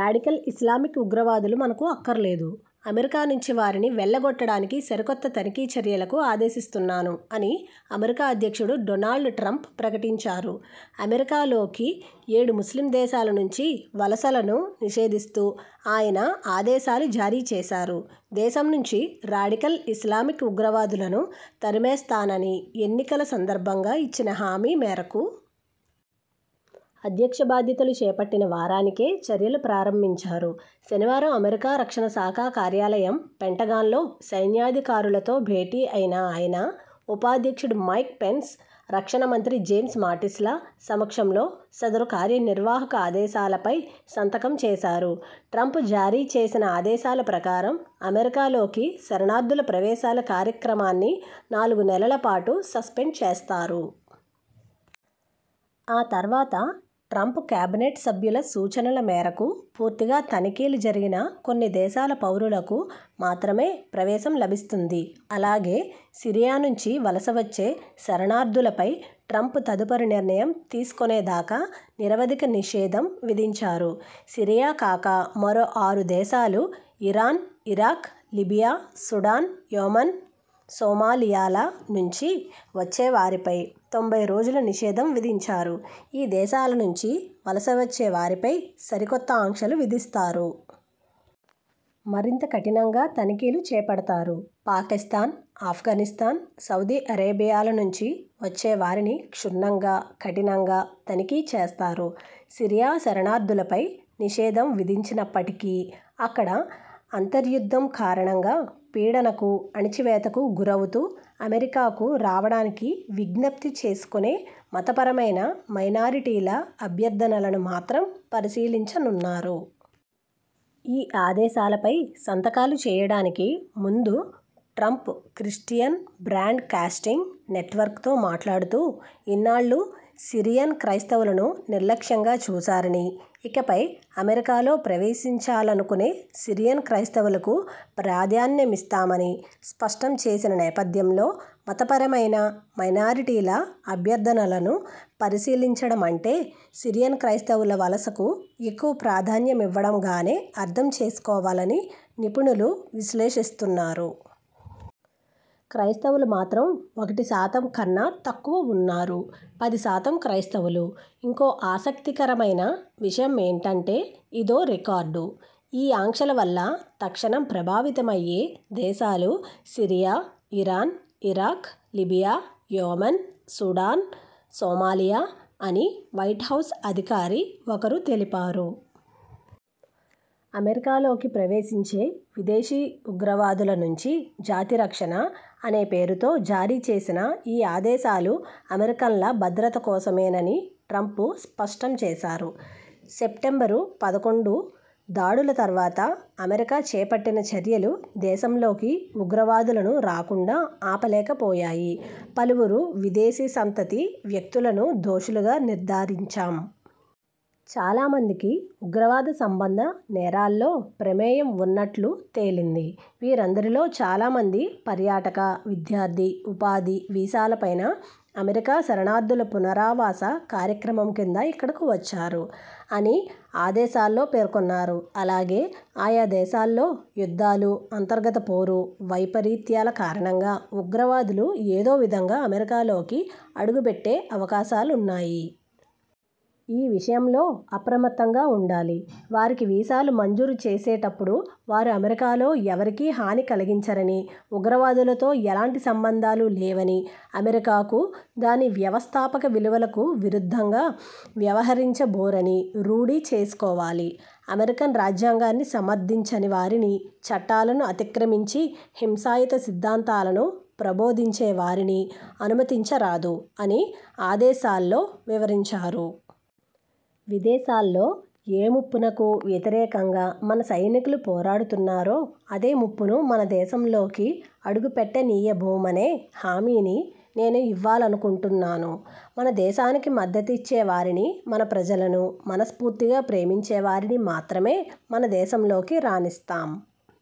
Radical Islamic ఉగ్రవాదులు మనకు అక్కర్లేదు. అమెరికా నుంచి వారిని వెళ్లగొట్టడానికి సరికొత్త తనిఖీ చర్యలకు ఆదేశిస్తున్నాను' అని అమెరికా అధ్యక్షుడు డోనాల్డ్ ట్రంప్ ప్రకటించారు. అమెరికాలోకి ఏడు ముస్లిం దేశాల నుంచి వలసలను నిషేధిస్తూ ఆయన ఆదేశాలు జారీ చేశారు. దేశం నుంచి రాడికల్ ఇస్లామిక్ ఉగ్రవాదులను తరిమేస్తానని ఎన్నికల సందర్భంగా ఇచ్చిన హామీ మేరకు.. అధ్యక్ష బాధ్యతలు చేపట్టిన వారానికే చర్యలు ప్రారంభించారు. శనివారం అమెరికా రక్షణ శాఖ కార్యాలయం పెంటగాన్లో సైన్యాధికారులతో భేటీ అయిన ఆయన ఉపాధ్యక్షుడు మైక్ పెన్స్, రక్షణ మంత్రి జేమ్స్ మాటిస్ల సమక్షంలో సదరు కార్యనిర్వాహక ఆదేశాలపై సంతకం చేశారు. ట్రంప్ జారీ చేసిన ఆదేశాల ప్రకారం అమెరికాలోకి శరణార్థుల ప్రవేశాల కార్యక్రమాన్ని నాలుగు నెలలపాటు సస్పెండ్ చేస్తారు. ఆ తర్వాత ట్రంప్ కేబినెట్ సభ్యుల సూచనల మేరకు పూర్తిగా తనిఖీలు జరిగిన కొన్ని దేశాల పౌరులకు మాత్రమే ప్రవేశం లభిస్తుంది. అలాగే, సిరియా నుంచి వలస వచ్చే శరణార్థులపై ట్రంప్ తదుపరి నిర్ణయం తీసుకునేదాకా నిరవధిక నిషేధం విధించారు. సిరియా కాక మరో ఆరు దేశాలు Iran, Iraq, Libya, Sudan, Yemen, సొమాలియాల నుంచి వచ్చేవారిపై తొంభై రోజులు నిషేధం విధించారు ఈ దేశాల నుంచి వలసవచ్చే వారిపై సరికొత్త ఆంక్షలు విధిస్తారు. మరింత కఠినంగా తనిఖీలు చేపడతారు. పాకిస్థాన్, అఫ్ఘానిస్థాన్, సౌదీ అరేబియాల నుంచి వచ్చేవారిని క్షుణ్నంగా, కఠినంగా తనిఖీ చేస్తారు. సిరియా శరణార్థులపై నిషేధం విధించినప్పటికీ.. అక్కడ అంతర్యుద్ధం కారణంగా పీడనకు, అణచివేతకు గురవుతూ అమెరికాకు రావడానికి విజ్ఞప్తి చేసుకునే మతపరమైన మైనారిటీల అభ్యర్థనలను మాత్రం పరిశీలించనున్నారు. ఈ ఆదేశాలపై సంతకాలు చేయడానికి ముందు Trump Christian Broadcasting Network తో మాట్లాడుతూ ఇన్నాళ్లూ సిరియన్ క్రైస్తవులను నిర్లక్ష్యంగా చూశారని, ఇకపై అమెరికాలో ప్రవేశించాలనుకునే సిరియన్ క్రైస్తవులకు ప్రాధాన్యమిస్తామని స్పష్టం చేసిన నేపథ్యంలో మతపరమైన మైనారిటీల అభ్యర్థనలను పరిశీలించడమంటే సిరియన్ క్రైస్తవుల వలసకు ఎక్కువ ప్రాధాన్యమివ్వడంగానే అర్థం చేసుకోవాలని నిపుణులు విశ్లేషిస్తున్నారు. క్రైస్తవులు మాత్రం ఒకటి శాతం కన్నా తక్కువ ఉన్నారు. పది శాతం క్రైస్తవులు. ఇంకో ఆసక్తికరమైన విషయమేంటంటేఇ దో రికార్డు. ఈ ఆంక్షల వల్ల తక్షణం ప్రభావితమయ్యే దేశాలు Syria, Iran, Iraq, Libya, Yemen, Sudan, Somalia అని వైట్ హౌస్ అధికారి ఒకరు తెలిపారు. 'అమెరికాలోకి ప్రవేశించే విదేశీ ఉగ్రవాదుల నుంచి జాతిరక్షణ' అనే పేరుతో జారీచేసిన ఈ ఆదేశాలు అమెరికన్ల భద్రత కోసమేనని ట్రంప్ స్పష్టం చేశారు. సెప్టెంబరు పదకొండు దాడుల తర్వాత అమెరికా చేపట్టిన చర్యలు దేశంలోకి ఉగ్రవాదులను రాకుండా ఆపలేకపోయాయి. పలువురు విదేశీ సంతతి వ్యక్తులను దోషులుగా నిర్ధారించాం. చాలా మందికి ఉగ్రవాద సంబంధ నేరాల్లో ప్రమేయం ఉన్నట్లు తేలింది. వీరందరిలో చాలా మంది పర్యాటక, విద్యార్థి, ఉపాధి వీసాలపైన, అమెరికా శరణార్థుల పునరావాస కార్యక్రమం కింద ఇక్కడకు వచ్చారు' అని ఆదేశాల్లో పేర్కొన్నారు. అలాగే 'ఆయా దేశాల్లో యుద్ధాలు, అంతర్గత పోరు, వైపరీత్యాల కారణంగా ఉగ్రవాదులు ఏదో విధంగా అమెరికాలోకి అడుగుపెట్టే అవకాశాలున్నాయి. ఈ విషయంలో అప్రమత్తంగా ఉండాలి. వారికి వీసాలు మంజూరు చేసేటప్పుడు వారు అమెరికాలో ఎవరికీ హాని కలిగించరని, ఉగ్రవాదులతో ఎలాంటి సంబంధాలు లేవని, అమెరికాకు, దాని వ్యవస్థాపక విలువలకు విరుద్ధంగా వ్యవహరించబోరని రూఢి చేసుకోవాలి. అమెరికన్ రాజ్యాంగాన్ని సమర్థించని వారిని, చట్టాలను అతిక్రమించి హింసాయుత సిద్ధాంతాలను ప్రబోధించేవారిని అనుమతించరాదు' అని ఆదేశాల్లో వివరించారు. ''విదేశాల్లో ఏ ముప్పునకు వ్యతిరేకంగా మన సైనికులు పోరాడుతున్నారో అదే ముప్పును మనదేశంలోకి అడుగుపెట్టనీయబోమనే హామీని నేను ఇవ్వాలనుకుంటున్నాను. మన దేశానికి మద్దతిచ్చేవారిని, మన ప్రజలను మనస్ఫూర్తిగా ప్రేమించేవారిని మాత్రమే మనదేశంలోకి రానిస్తాం.